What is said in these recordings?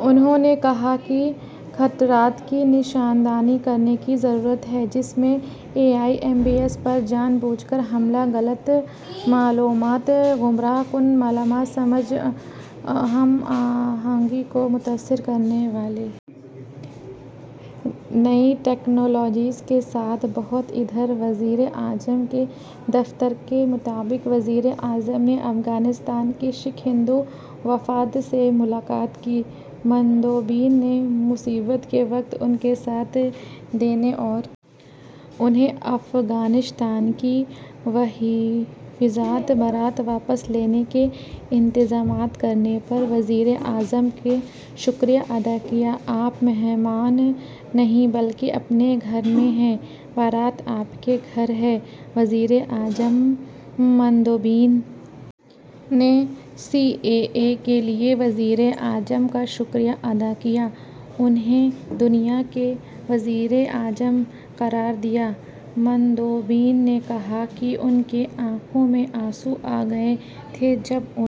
انہوں نے کہا کہ خطرات کی نشاندہی کرنے کی ضرورت ہے جس میں ای ایم بیز پر جان بوجھ کر حملے غلط معلومات گمراہ کن معلومات سماجی ہم آہنگی کو متاثر کرنے والی نئی ٹیکنالوجیز کے ساتھ بہت ادھر وزیر اعظم کے دفتر کے مطابق وزیر اعظم نے افغانستان کے سکھ ہندو وفد سے ملاقات کی مندوبین نے مصیبت کے وقت ان کا ساتھ دینے اور انہیں افغانستان سے بحفاظت بھارت واپس لانے کے انتظامات کرنے پر وزیر اعظم کا شکریہ ادا کیا آپ مہمان نہیں بلکہ اپنے گھر میں ہیں بھارت آپ کا گھر ہے وزیر اعظم مندوبین نے سی اے اے کے لیے وزیر اعظم کا شکریہ ادا کیا انہیں دنیا کا وزیر اعظم قرار دیا مندوبین نے کہا کہ ان کی آنکھوں میں آنسو آ گئے تھے جب انہوں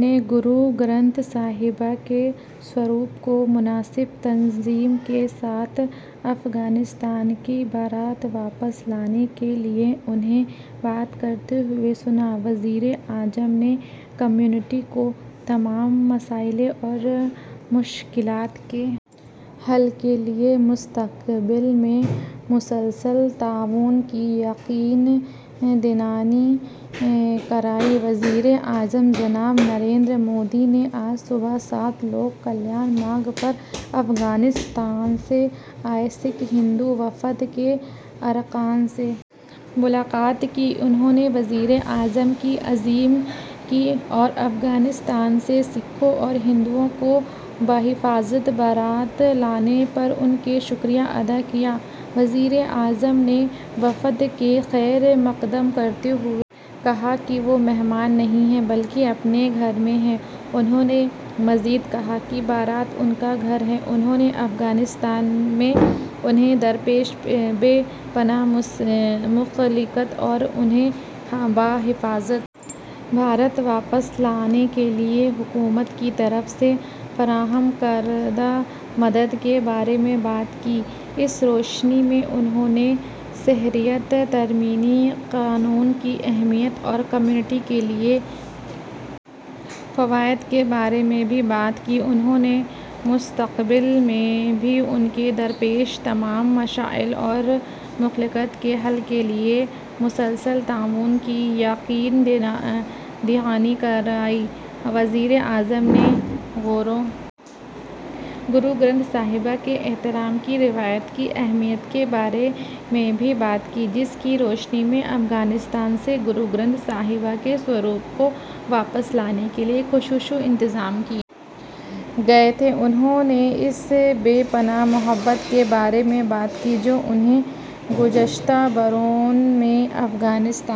نے گرو گرنتھ صاحب کے سوروپ کو مناسب تعظیم کے ساتھ افغانستان سے بھارت واپس لانے کے لیے انہیں بات کرتے ہوئے سنا وزیر اعظم نے کمیونٹی کو تمام مسائل اور مشکلات کے حل کے لیے مستقبل میں مسلسل تعاون کی یقین دہانی کرائی وزیر اعظم جناب نریندر مودی نے آج صبح سات لوک کلیان مارگ پر افغانستان سے آئے سکھ ہندو وفد کے ارکان سے ملاقات کی انہوں نے وزیر اعظم کی تعظیم کی اور افغانستان سے سکھوں اور ہندوؤں کو بحفاظت بھارت لانے پر ان کا شکریہ ادا کیا وزیر اعظم نے وفد کا خیرمقدم کرتے ہوئے کہا کہ وہ مہمان نہیں ہیں بلکہ اپنے گھر میں ہیں انہوں نے مزید کہا کہ بھارت ان کا گھر ہے انہوں نے افغانستان میں انہیں درپیش بے پناہ مشکلات اور انہیں بحفاظت بھارت واپس لانے کے لیے حکومت کی طرف سے فراہم کردہ مدد کے بارے میں بات کی اس روشنی میں انہوں نے شہریت ترمیمی قانون کی اہمیت اور کمیونٹی کے لیے اس کے فوائد کے بارے میں بھی بات کی انہوں نے مستقبل میں بھی ان کو درپیش تمام مسائل اور مشکلات کے حل کے لیے مسلسل تعاون کی یقین دہانی کرائی وزیر اعظم نے گرو گرنتھ صاحب کے احترام کی روایت کی اہمیت کے بارے میں بھی بات کی جس کی روشنی میں افغانستان سے گرو گرنتھ صاحب کے سوروپ کو واپس لانے کے لیے خصوصی انتظامات کیے گئے تھے انہوں نے اس بے پناہ محبت کے بارے میں بات کی جو انہیں گزشتہ برسوں میں افغانستان